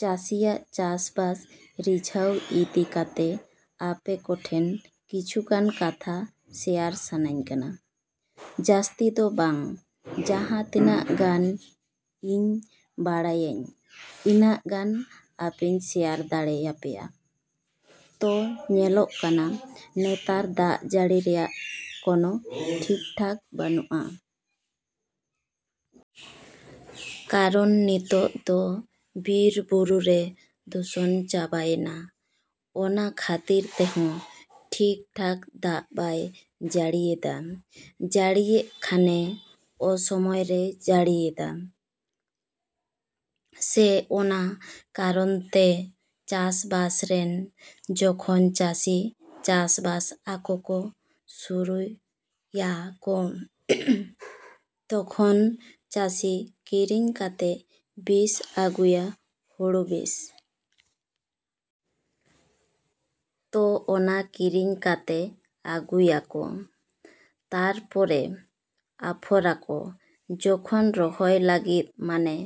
ᱪᱟᱹᱥᱤᱭᱟᱜ ᱪᱟᱥᱼᱵᱟᱥ ᱨᱤᱡᱷᱟᱹᱣ ᱤᱫᱤ ᱠᱟᱛᱮ ᱟᱯᱮ ᱠᱚᱴᱷᱮᱡ ᱠᱤᱪᱷᱩ ᱜᱟᱱ ᱠᱟᱛᱷᱟ ᱥᱮᱭᱟᱨ ᱥᱟᱱᱟᱧ ᱠᱟᱱᱟ᱾ ᱡᱟᱹᱥᱛᱤ ᱫᱚ ᱵᱟᱝ, ᱡᱟᱦᱟᱸ ᱛᱤᱱᱟᱹᱜ ᱜᱟᱱ ᱤᱧ ᱵᱟᱲᱟᱭᱟᱹᱧ, ᱤᱱᱟᱹᱜ ᱜᱟᱱ ᱟᱯᱮᱧ ᱥᱮᱭᱟᱨ ᱫᱟᱲᱮᱭᱟᱯᱮᱭᱟ᱾ ᱛᱚ ᱧᱮᱞᱚᱜ ᱠᱟᱱᱟ ᱱᱮᱛᱟᱨ ᱫᱟᱜ ᱡᱟᱹᱲᱤ ᱨᱮᱭᱟᱜ ᱠᱚᱱᱚ ᱴᱷᱤᱠ-ᱴᱷᱟᱠ ᱵᱟᱹᱱᱩᱜᱼᱟ᱾ ᱠᱟᱨᱚᱱ ᱱᱤᱛᱚᱜ ᱫᱚ ᱵᱤᱨ-ᱵᱩᱨᱩ ᱨᱮ ᱫᱷᱩᱥᱚᱱ ᱪᱟᱵᱟᱭᱮᱱᱟ᱾ ᱚᱱᱟ ᱠᱷᱟᱹᱛᱤᱨ ᱛᱮᱦᱚᱸ ᱴᱷᱤᱠ-ᱴᱷᱟᱠ ᱫᱟᱜ ᱵᱟᱭ ᱡᱟᱹᱲᱤᱭᱮᱫᱟ᱾ ᱡᱟᱹᱲᱤᱭᱮᱜ ᱠᱷᱟᱱᱮ ᱚᱥᱚᱢᱳᱭ ᱨᱮ ᱡᱟᱹᱲᱤᱭᱮᱫᱟᱭ᱾ ᱥᱮ ᱚᱱᱟ ᱠᱟᱨᱚᱱᱛᱮ ᱪᱟᱥ-ᱵᱟᱥ ᱨᱮᱱ ᱡᱚᱠᱷᱚᱱ ᱪᱟᱹᱥᱤ ᱪᱟᱥ-ᱵᱟᱥ ᱟᱠᱚ ᱥᱩᱨᱩᱭᱟ ᱠᱚ, ᱛᱚᱠᱷᱚᱱ ᱪᱟᱹᱥᱤ ᱠᱤᱨᱤᱧ ᱠᱟᱛᱮ ᱵᱤᱥ ᱟᱹᱜᱩᱭᱟ, ᱦᱳᱲᱳ ᱵᱤᱥ᱾ ᱛᱚ ᱚᱱᱟ ᱠᱤᱨᱤᱧ ᱠᱟᱛᱮ ᱟᱹᱜᱩᱭᱟᱠᱚ, ᱛᱟᱨᱯᱚᱨᱮ ᱟᱯᱷᱚᱨᱟᱠᱚ ᱡᱚᱠᱷᱚᱱ ᱨᱚᱦᱚᱭ ᱞᱟᱹᱜᱤᱫ ᱢᱟᱱᱮ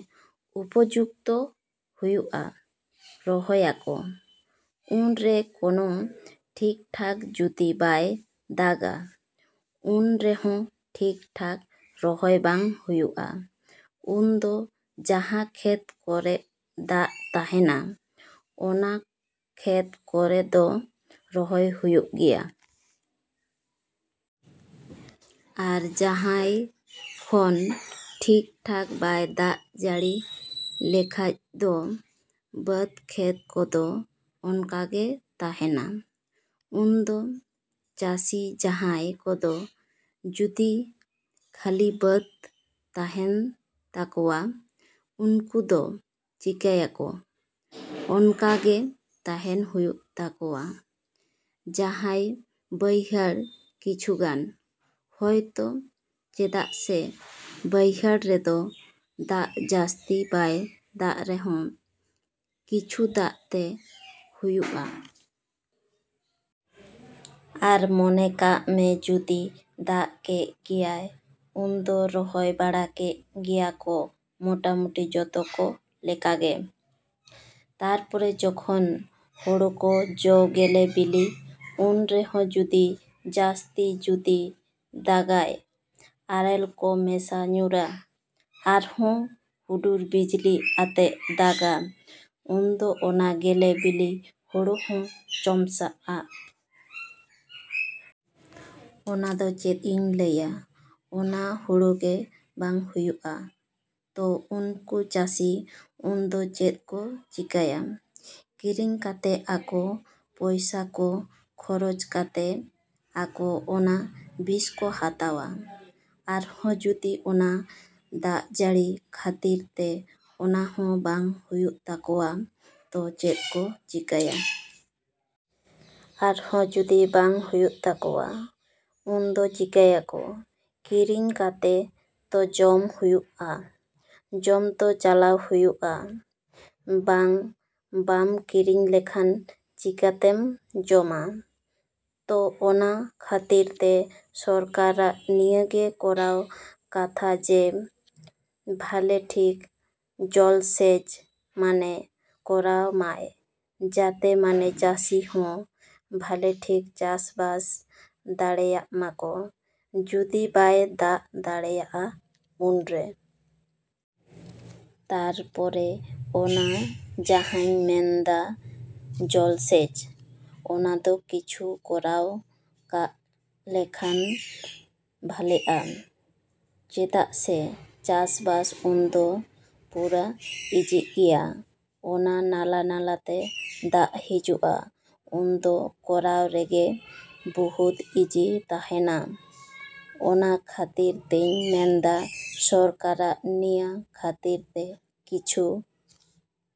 ᱩᱯᱚᱡᱩᱠᱛᱚ ᱦᱩᱭᱩᱜᱼᱟ᱾ ᱨᱚᱦᱚᱭᱟᱠᱚ᱾ ᱩᱱᱨᱮ ᱠᱳᱱᱳ ᱴᱷᱤᱠ-ᱴᱷᱟᱠ ᱡᱩᱫᱤ ᱵᱟᱭ ᱫᱟᱜᱟ, ᱩᱱᱨᱮᱦᱚᱸ ᱴᱷᱤᱠ-ᱴᱷᱟᱠ ᱨᱚᱦᱚᱭ ᱵᱟᱝ ᱦᱩᱭᱩᱜᱼᱟ᱾ ᱩᱱᱫᱚ ᱡᱟᱦᱟᱸ ᱠᱷᱮᱛ ᱠᱚᱨᱮᱜ ᱫᱟᱜ ᱛᱟᱦᱮᱱᱟ, ᱚᱱᱟ ᱠᱷᱮᱛ ᱠᱚᱨᱮ ᱫᱚ ᱨᱚᱦᱚᱭ ᱦᱩᱭᱩᱜ ᱜᱮᱭᱟ᱾ ᱟᱨ ᱡᱟᱦᱟᱸ ᱠᱷᱚᱱ ᱴᱷᱤᱠ-ᱴᱷᱟᱠ ᱵᱟᱭ ᱫᱟᱜ ᱡᱟᱹᱲᱤ ᱞᱮᱠᱷᱟᱡ ᱫᱚ ᱵᱟᱹᱫᱽ ᱠᱷᱮᱛ ᱠᱚᱫᱚ ᱚᱱᱠᱟᱜᱮ ᱛᱟᱦᱮᱱᱟ᱾ ᱩᱱᱫᱚ ᱪᱟᱹᱥᱤ ᱡᱟᱦᱟᱸᱭ ᱠᱚᱫᱚ ᱡᱩᱫᱤ ᱠᱷᱟᱹᱞᱤ ᱵᱟᱹᱫᱽ ᱛᱟᱦᱮᱱ ᱛᱟᱠᱚᱣᱟ, ᱩᱱᱠᱩ ᱫᱚ ᱪᱤᱠᱟᱹᱭᱟᱠᱚ? ᱚᱱᱠᱟᱜᱮ ᱛᱟᱦᱮᱱ ᱦᱩᱭᱩᱜ ᱛᱟᱠᱚᱣᱟ᱾ ᱡᱟᱦᱟᱸᱭ ᱵᱟᱹᱭᱦᱟᱹᱲ ᱠᱤᱪᱷᱩ ᱜᱟᱱ, ᱦᱚᱭᱛᱳ ᱪᱮᱫᱟᱜ ᱥᱮ ᱵᱟᱹᱭᱦᱟᱹᱲ ᱨᱮᱫᱚ ᱫᱟᱜ ᱡᱟᱹᱥᱛᱤ ᱵᱟᱭ ᱫᱟᱜ ᱨᱮᱦᱚᱸ ᱠᱤᱪᱷᱩ ᱫᱟᱜ ᱛᱮ ᱦᱩᱭᱩᱜᱼᱟ᱾ ᱟᱨ ᱢᱚᱱᱮ ᱠᱟᱜ ᱢᱮ ᱡᱩᱫᱤ ᱫᱟᱜ ᱠᱮᱜ ᱜᱮᱭᱟᱭ, ᱩᱱᱫᱚ ᱨᱚᱦᱚᱭ ᱵᱟᱲᱟ ᱠᱮᱜ ᱜᱮᱭᱟᱠᱚ ᱢᱳᱴᱟᱢᱩᱴᱤ ᱡᱚᱛᱚ ᱠᱚ ᱞᱮᱠᱟᱜᱮ᱾ ᱛᱟᱨᱯᱚᱨᱮ ᱡᱚᱠᱷᱚᱱ ᱦᱳᱲᱳ ᱠᱚ ᱡᱚ ᱜᱮᱞᱮ ᱵᱤᱞᱤ, ᱩᱱ ᱨᱮᱦᱚᱸ ᱡᱩᱫᱤ ᱡᱟᱹᱥᱛᱤ ᱡᱩᱫᱤ ᱫᱟᱜᱟᱭ, ᱟᱨᱮᱞ ᱠᱚ ᱢᱮᱥᱟ ᱧᱩᱨᱟ, ᱟᱨᱦᱚᱸ ᱦᱩᱰᱩᱨ ᱵᱤᱡᱽᱞᱤ ᱟᱛᱮᱜ ᱫᱟᱜᱟ, ᱩᱱᱫᱚ ᱚᱱᱟ ᱜᱮᱞᱮ ᱵᱤᱞᱤ ᱦᱳᱲᱳ ᱦᱚᱸ ᱪᱚᱢᱯᱥᱟᱜᱼᱟ᱾ ᱚᱱᱟᱫᱚ ᱪᱮᱫ ᱤᱧ ᱞᱟᱹᱭᱟ? ᱚᱱᱟ ᱦᱳᱲᱳᱜᱮ ᱵᱟᱝ ᱦᱩᱭᱩᱜᱼᱟ᱾ ᱛᱚ ᱩᱱᱠᱩ ᱪᱟᱹᱥᱤ ᱩᱱᱫᱚ ᱪᱮᱫ ᱠᱚ ᱪᱤᱠᱟᱹᱭᱟ? ᱠᱤᱨᱤᱧ ᱠᱟᱛᱮ ᱟᱠᱚ ᱯᱚᱭᱥᱟ ᱠᱚ ᱠᱷᱚᱨᱚᱪ ᱠᱟᱛᱮ ᱟᱠᱚ ᱚᱱᱟ ᱵᱤᱥᱠᱚ ᱦᱟᱛᱟᱣᱟ᱾ ᱟᱨᱦᱚᱸ ᱡᱩᱫᱤ ᱚᱱᱟ ᱫᱟᱜᱡᱟᱹᱲᱤ ᱠᱷᱟᱹᱛᱤᱨ ᱛᱮ ᱚᱱᱟ ᱦᱚᱸ ᱵᱟᱝ ᱦᱩᱭᱩᱜ ᱛᱟᱠᱚᱣᱟ, ᱛᱚ ᱪᱮᱫ ᱠᱚ ᱪᱤᱠᱟᱭᱟ? ᱟᱨᱦᱚᱸ ᱡᱩᱫᱤ ᱵᱟᱝ ᱦᱩᱭᱩᱜ ᱛᱟᱠᱣᱟ, ᱩᱱᱫᱚ ᱪᱤᱠᱟᱭᱟᱠᱚ? ᱠᱤᱨᱤᱧ ᱠᱟᱛᱮ ᱛᱚ ᱡᱚᱢ ᱦᱩᱭᱩᱜᱼᱟ᱾ ᱡᱚᱢ ᱛᱚ ᱪᱟᱞᱟᱣ ᱦᱩᱭᱩᱜᱼᱟ᱾ ᱵᱟᱝ ᱵᱟᱢ ᱠᱤᱨᱤᱧ ᱞᱮᱠᱷᱟᱱ ᱪᱤᱠᱟᱛᱮᱢ ᱡᱚᱢᱟ? ᱛᱚ ᱚᱱᱟ ᱠᱷᱟᱹᱛᱤᱨ ᱛᱮ ᱥᱚᱨᱠᱟᱨᱟᱜ ᱱᱤᱭᱟᱹᱜᱮ ᱠᱚᱨᱟᱣ ᱠᱟᱛᱷᱟ ᱡᱮ ᱵᱷᱟᱞᱮ ᱴᱷᱤᱠ ᱡᱚᱞᱥᱮᱪ ᱢᱟᱱᱮ ᱠᱚᱨᱟᱣ ᱢᱟᱭ ᱡᱟᱛᱮ ᱢᱟᱱᱮ ᱪᱟᱹᱥᱤ ᱦᱚᱸ ᱵᱷᱟᱞᱮ ᱴᱷᱤᱠ ᱪᱟᱥ-ᱵᱟᱥ ᱫᱟᱲᱮᱜ ᱢᱟᱠᱚ ᱡᱩᱫᱤ ᱵᱟᱭ ᱫᱟᱜ ᱫᱟᱲᱮᱭᱟᱜᱼᱟ ᱩᱱᱨᱮ᱾ ᱛᱟᱨᱯᱚᱨᱮ ᱚᱱᱟ ᱡᱟᱦᱟᱸᱧ ᱢᱮᱱᱫᱟ ᱡᱚᱞᱥᱮᱪ, ᱚᱱᱟᱫᱚ ᱠᱤᱪᱷᱩ ᱠᱚᱨᱟᱣ ᱠᱟᱜ ᱞᱮᱠᱷᱟᱱ ᱵᱷᱟᱞᱮᱜᱼᱟ᱾ ᱪᱮᱫᱟᱜ ᱥᱮ ᱪᱟᱥ-ᱵᱟᱥ ᱩᱱᱫᱚ ᱯᱩᱨᱟᱹ ᱤᱡᱤᱜ ᱜᱮᱭᱟ᱾ ᱚᱱᱟ ᱱᱟᱞᱟ ᱱᱟᱞᱟᱛᱮ ᱫᱟᱜ ᱦᱤᱡᱩᱜᱼᱟ, ᱩᱱᱫᱚ ᱠᱚᱨᱟᱣ ᱨᱮᱜᱮ ᱵᱚᱦᱩᱫ ᱤᱡᱤ ᱛᱟᱦᱮᱱᱟ᱾ ᱚᱱᱟ ᱠᱷᱟᱹᱛᱤᱨ ᱛᱮᱧ ᱢᱮᱱᱫᱟ ᱥᱚᱨᱠᱟᱨᱟᱜ ᱱᱤᱭᱟᱹ ᱠᱷᱟᱹᱛᱤᱨ ᱛᱮ ᱠᱤᱪᱷᱩ